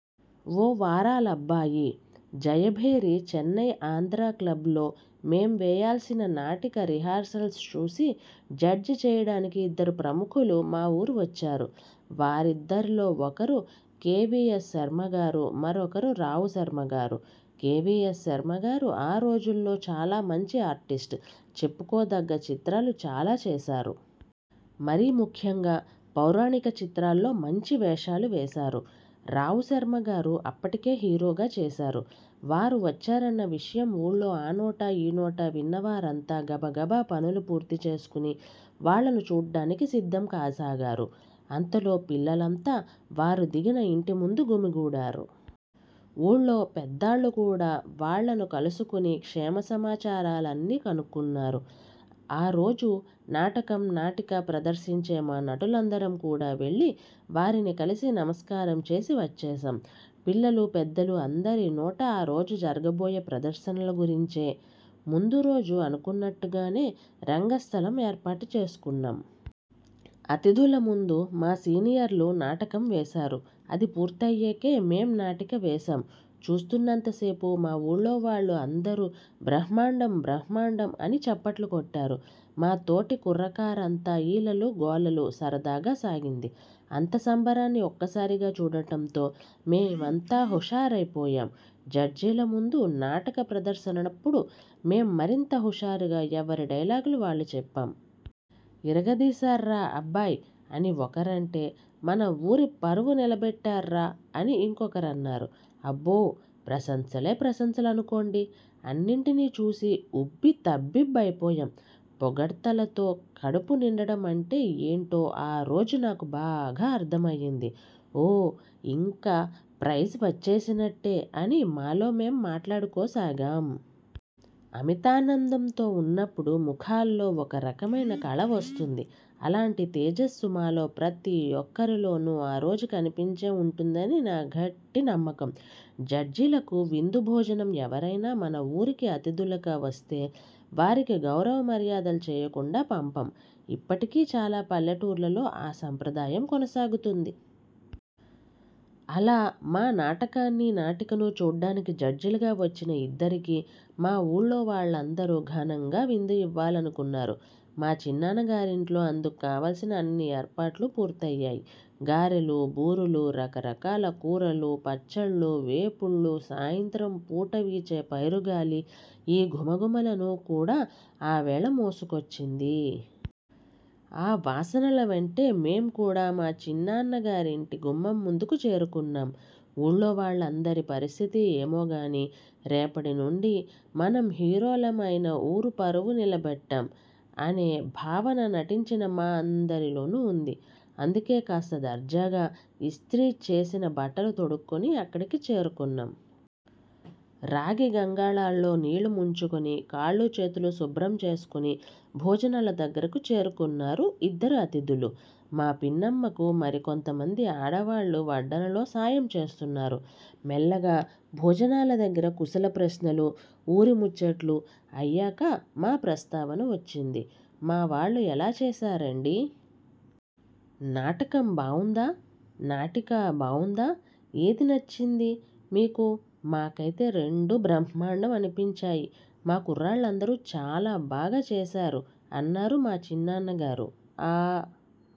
ఓ వారాలబ్బాయి జయభేరి చెన్నై ఆంధ్రాక్లబ్లో మేం వేయాల్సిన నాటిక రిహార్సల్స్ చూసి జడ్జి చేయడానికి ఇద్దరు ప్రముఖులు మా ఊరు వచ్చారు. వారిదర్లో ఒకరు కేవీయస్శర్మగారు, మరొకరు రావుశర్మగారు. కేవీయస్ శర్మగారు ఆ రోజుల్లో చాలా మంచి ఆర్టిస్ట్. చెప్పుకోదగ్గ చిత్రాలు చాలా చేశారు. మరీ ముఖ్యంగా పౌరాణిక చిత్రాల్లో మంచివేషాలు వేశారు. రావుశర్మగారు అప్పటికే హీరోగా చేశారు. వారు వచ్చారన్న విషయం ఊళ్ళో ఆ నోటా ఈనోటా విన్నవారంతా గబగబా పనులు పూర్తి చేసుకుని వాళ్లను చూడ్డానికి సిద్ధం కాసాగారు. అంతలో పిల్లలంతా వారు దిగిన ఇంటి ముందు గుమిగూడారు. ఊళ్లో పెద్దాళ్లు కూడా వాళ్లను కలుసుకుని క్షేమసమాచారాలన్నీ కనుక్కున్నారు. ఆ రోజు నాటకం, నాటిక ప్రదర్శించే మా నటులందరం కూడా వెళ్లి వారిని కలిసి నమస్కారం చేసి వచ్చేశాం. పిల్లలు, పెద్దలు అందరి నోటా ఆ రోజు జరగబోయే ప్రదర్శనల గురించే. ముందురోజు అనుకున్నట్టుగానే రంగస్థలం ఏర్పాటు చేసుకున్నాం. అతిథుల ముందు మా సీనియర్లు నాటకం వేశారు. అది పూర్తయ్యాక మేం నాటిక వేశాం. చూస్తున్నంతసేపూ మా ఊళ్లోవాళ్లు అందరూ 'బ్రహ్మాండం బ్రహ్మాండం' అని చప్పట్లు కొట్టారు. మాతోటి కుర్రకారంతా ఈలలూ, గోలలూ సరదాగా సాగింది. అంత సంబరాన్ని ఒక్కసారిగా చూడటంతో మేమంతా హుషారైపోయాం. జడ్జీలముందు నాటక ప్రదర్శనప్పుడు మేం మరింత హుషారుగా ఎవరి డైలాగులు వాళ్లు చెప్పాం. 'ఇరగదీశార్రా అబ్బాయ్' అని ఒకరంటే.. 'మన ఊరి పరువు నిలబెట్టారురా' అని ఇంకొకరన్నారు. అబ్బో ప్రశంసలే ప్రశంసలనుకోండి. అన్నిటినీ చూసి ఉబ్బితబ్బిబ్బైపోయాం. పొగడ్తలతో కడుపునిండటం అంటే ఏంటో ఆ రోజు నాకు బాగా అర్థమైంది. 'ఓ.. ఇంక ప్రైజ్ వచ్చేసినట్టే' అని మాలో మేం మాట్లాడుకోసాగాం. అమితానందంతో ఉన్నప్పుడు ముఖాల్లో ఒకరకమైన కళ వస్తుంది. అలాంటి తేజస్సు మాలో ప్రతి ఒక్కరిలోనూ ఆ రోజు కనిపించే ఉంటుందని నా గట్టి నమ్మకం. జడ్జీలకు విందు భోజనంఎవరైనా మన ఊరికి అతిథులుగా వస్తే వారికి గౌరవ మర్యాదలు చేయకుండా పంపం. ఇప్పటికీ చాలా పల్లెటూర్లలో ఆ సంప్రదాయం కొనసాగుతుంది. అలా మా నాటకాన్ని, నాటికను చూడ్డానికి జడ్జీలుగా వచ్చిన ఇద్దరికీ మా ఊళ్లో వాళ్లందరూ ఘనంగా విందు ఇవ్వాలనుకున్నారు. మా చిన్నాన్నగారింట్లో అందుకు కావాల్సిన అన్ని ఏర్పాట్లూ పూర్తయ్యాయి. గారెలు, బూరులు, రకరకాల కూరలు, పచ్చళ్లు, వేపుళ్లుసాయంత్రం పూట వీచే పైరుగాలి ఈ ఘుమఘుమలను కూడా ఆ వేళ మోసుకొచ్చింది. ఆ వాసనల వెంటే మేం కూడా మా చిన్నాన్నగారింటి గుమ్మం ముందుకు చేరుకున్నాం. ఊళ్లో వాళ్లందరి పరిస్థితీ ఏమోగానీ.. 'రేపటి నుండి మనం హీరోలంమయిన ఊరు పరువు నిలబెట్టాం' అనే భావన నటించిన మా అందరిలోనూ ఉంది. అందుకే కాస్త దర్జాగా ఇస్త్రీ చేసిన బట్టలు తొడుక్కుని అక్కడికి చేరుకున్నాం. రాగి గంగాళాల్లో నీళ్ళు ముంచుకుని కాళ్లు చేతులు శుభ్రం చేసుకుని భోజనాల దగ్గరకు చేరుకున్నారు ఇద్దరు అతిథులు. మా పిన్నమ్మకు మరికొంతమంది ఆడవాళ్లు వడ్డనలో సాయం చేస్తున్నారు. మెల్లగా భోజనాల దగ్గర కుశల ప్రశ్నలూ, ఊరి ముచ్చట్లు అయ్యాక మా ప్రస్తావన వచ్చింది. ''మా వాళ్లు ఎలా చేశారండీ.. నాటకం బావుందా? నాటిక బావుందా? ఏది నచ్చింది మీకుమాకైతే రెండూ బ్రహ్మాండం అనిపించాయి. మా కుర్రాళ్లందరూ చాలా బాగా చేశారు' అన్నారు మా చిన్నాన్నగారు. ఆ